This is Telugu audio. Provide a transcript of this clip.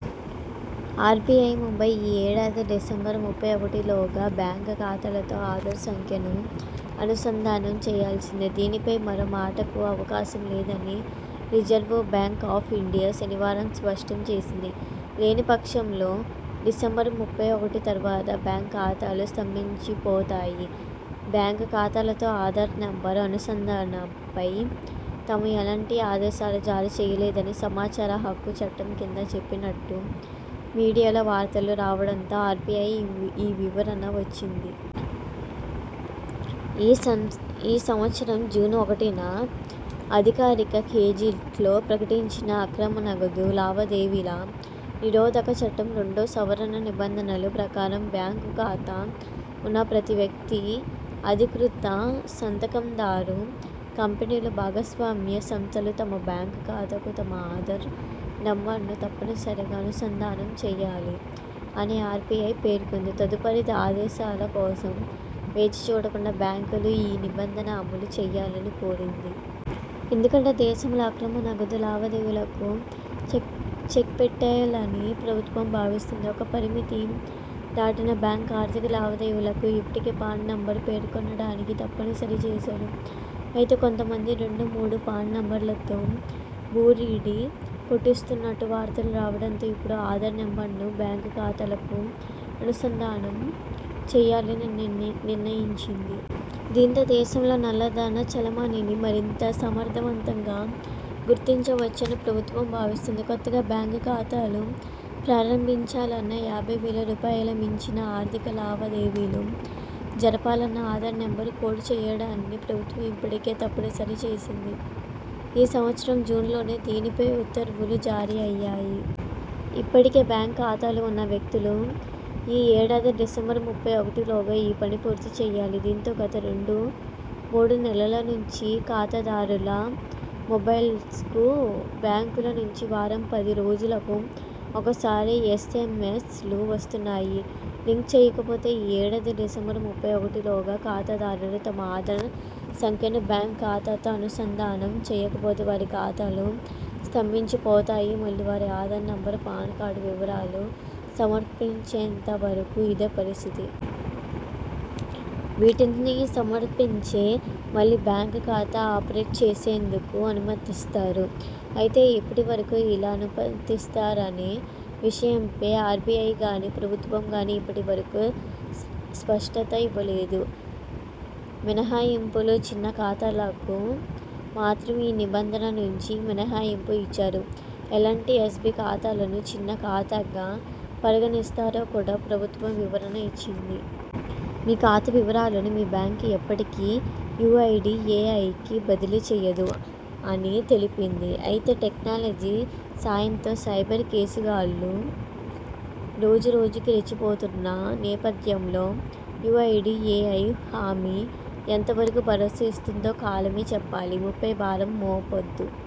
ఆర్బిఐ, ముంబై ఈ ఏడాది డిసెంబర్ ముప్పై ఒకటిలోగా బ్యాంక్ ఖాతాలతో ఆధార్ సంఖ్యను అనుసంధానం చేయాల్సిందే దీనిపై మరో మాటకు అవకాశం లేదని రిజర్వు బ్యాంక్ ఆఫ్ ఇండియా శనివారం స్పష్టం చేసింది. లేనిపక్షంలో డిసెంబర్ ముప్పై ఒకటి తర్వాత బ్యాంక్ ఖాతాలు స్తంభించిపోతాయి బ్యాంక్ ఖాతాలతో ఆధార్ నంబర్ అనుసంధానంపై తాము ఎలాంటి ఆదేశాలు జారీ చేయలేదని సమాచార హక్కు చట్టం కింద చెప్పినట్టు మీడియాలో వార్తలు రావడంతో ఆర్బిఐ ఈ ఈ వివరణ వచ్చింది. 'ఈ సంవత్సరం జూన్ ఒకటిన అధికారిక గెజిట్లో ప్రకటించిన 'అక్రమ నగదు లావాదేవీల నిరోధక చట్టం రెండో సవరణ నిబంధనలు ' ప్రకారం బ్యాంకు ఖాతా ఉన్న ప్రతి వ్యక్తి, అధీకృత సంతకందారు, కంపెనీలు, భాగస్వామ్య సంస్థలు తమ బ్యాంక్ ఖాతాకు తమ 'ఆధార్' నంబర్ను తప్పనిసరిగా అనుసంధానం చేయాలి' అని ఆర్బిఐ పేర్కొంది తదుపరి ఆదేశాల కోసం వేచిచూడకుండా బ్యాంకులు ఈ నిబంధన అమలు చేయాలని కోరింది. ఎందుకంటే దేశంలో అక్రమ నగదు లావాదేవీలకు చెక్పెట్టాలని ప్రభుత్వం భావిస్తోంది. ఒక పరిమితి దాటిన బ్యాంక్ ఆర్థిక లావాదేవీలకు ఇప్పటికే 'పాన్' నంబర్ పేర్కొనడాన్ని తప్పనిసరి చేశారు. అయితే కొంత మంది రెండు మూడు పాన్ నంబర్లతో బురిడీ కొట్టిస్తున్నట్టు వార్తలు రావడంతో ఇప్పుడు ఆధార్ నెంబర్నూ బ్యాంక్ ఖాతాలకు అనుసంధానం చేయాలని నిన్ నిర్ణయించింది. దీంతో దేశంలో నల్లధన చలామణినీ మరింత సమర్థవంతంగా గుర్తించవచ్చని ప్రభుత్వం భావిస్తోంది. కొత్తగా బ్యాంక్ ఖాతాలు ప్రారంభించాలన్నా యాభై వేల రూపాయలుమించిన ఆర్థిక లావాదేవీలు జరపాలన్నా ఆధార్' నెంబర్ కోట్ చేయడాన్ని ప్రభుత్వం ఇప్పటికే తప్పనిసరి చేసింది ఈ సంవత్సరం జూన్లోనే దీనిపై ఉత్తర్వులు జారీ అయ్యాయి. ఇప్పటికే బ్యాంక్ ఖాతాలు ఉన్న వ్యక్తులు ఈ ఏడాది డిసెంబర్ ముప్పై ఒకటిలోగా ఈ పని పూర్తి చేయాలి దీంతో గత రెండు మూడు నెలల నుంచి ఖాతాదారుల మొబైల్స్కు బ్యాంకుల నుంచి వారం పది రోజులకు ఒకసారి ఎస్ఎంఎస్ లు వస్తున్నాయి. లింక్ చేయకపోతే ఈ ఏడాది డిసెంబర్ ముప్పై ఒకటిలోగా ఖాతాదారులు తమ ఆధార్ సంఖ్యను బ్యాంక్ ఖాతాతో అనుసంధానం చేయకపోతే వారి ఖాతాలూ స్తంభించిపోతాయి మళ్లీ వారి ఆధార్ నంబర్, పాన్ కార్డు వివరాలు సమర్పించేంత వరకు ఇదే పరిస్థితి. వీటిని సమర్పిచే మళ్లీ బ్యాంక్ ఖాతా ఆపరేట్ చేసేందుకు అనుమతిస్తారు. అయితే ఎప్పటి వరకు ఇలా అనుమతిస్తారనే విషయంపై ఆర్బిఐగానీ, ప్రభుత్వంగాని ఇప్పటి వరకు స్పష్టత ఇవ్వలేదు. మినహాయింపులు చిన్న ఖాతాలకు మాత్రం ఈ నిబంధన నుంచి మినహాయింపు ఇచ్చారు. ఎలాంటి ఎస్బి ఖాతాలను చిన్న ఖాతాగా పరిగణిస్తారో కూడా ప్రభుత్వం వివరణ ఇచ్చింది. మీ ఖాతా వివరాలను మీ బ్యాంక్ ఎప్పటికీ యుఐడిఎఐకి బదిలీ చేయదు' అని తెలిపింది. అయితే టెక్నాలజీ సాయంతో సైబర్ కేటుగాళ్లు రోజు రోజుకీ రెచ్చిపోతున్న నేపథ్యంలో యుఐడిఎఐ హామీ ఎంత వరకు భరోసా ఇస్తుందో కాలమే చెప్పాలి. మాపై భారం మోపొద్దు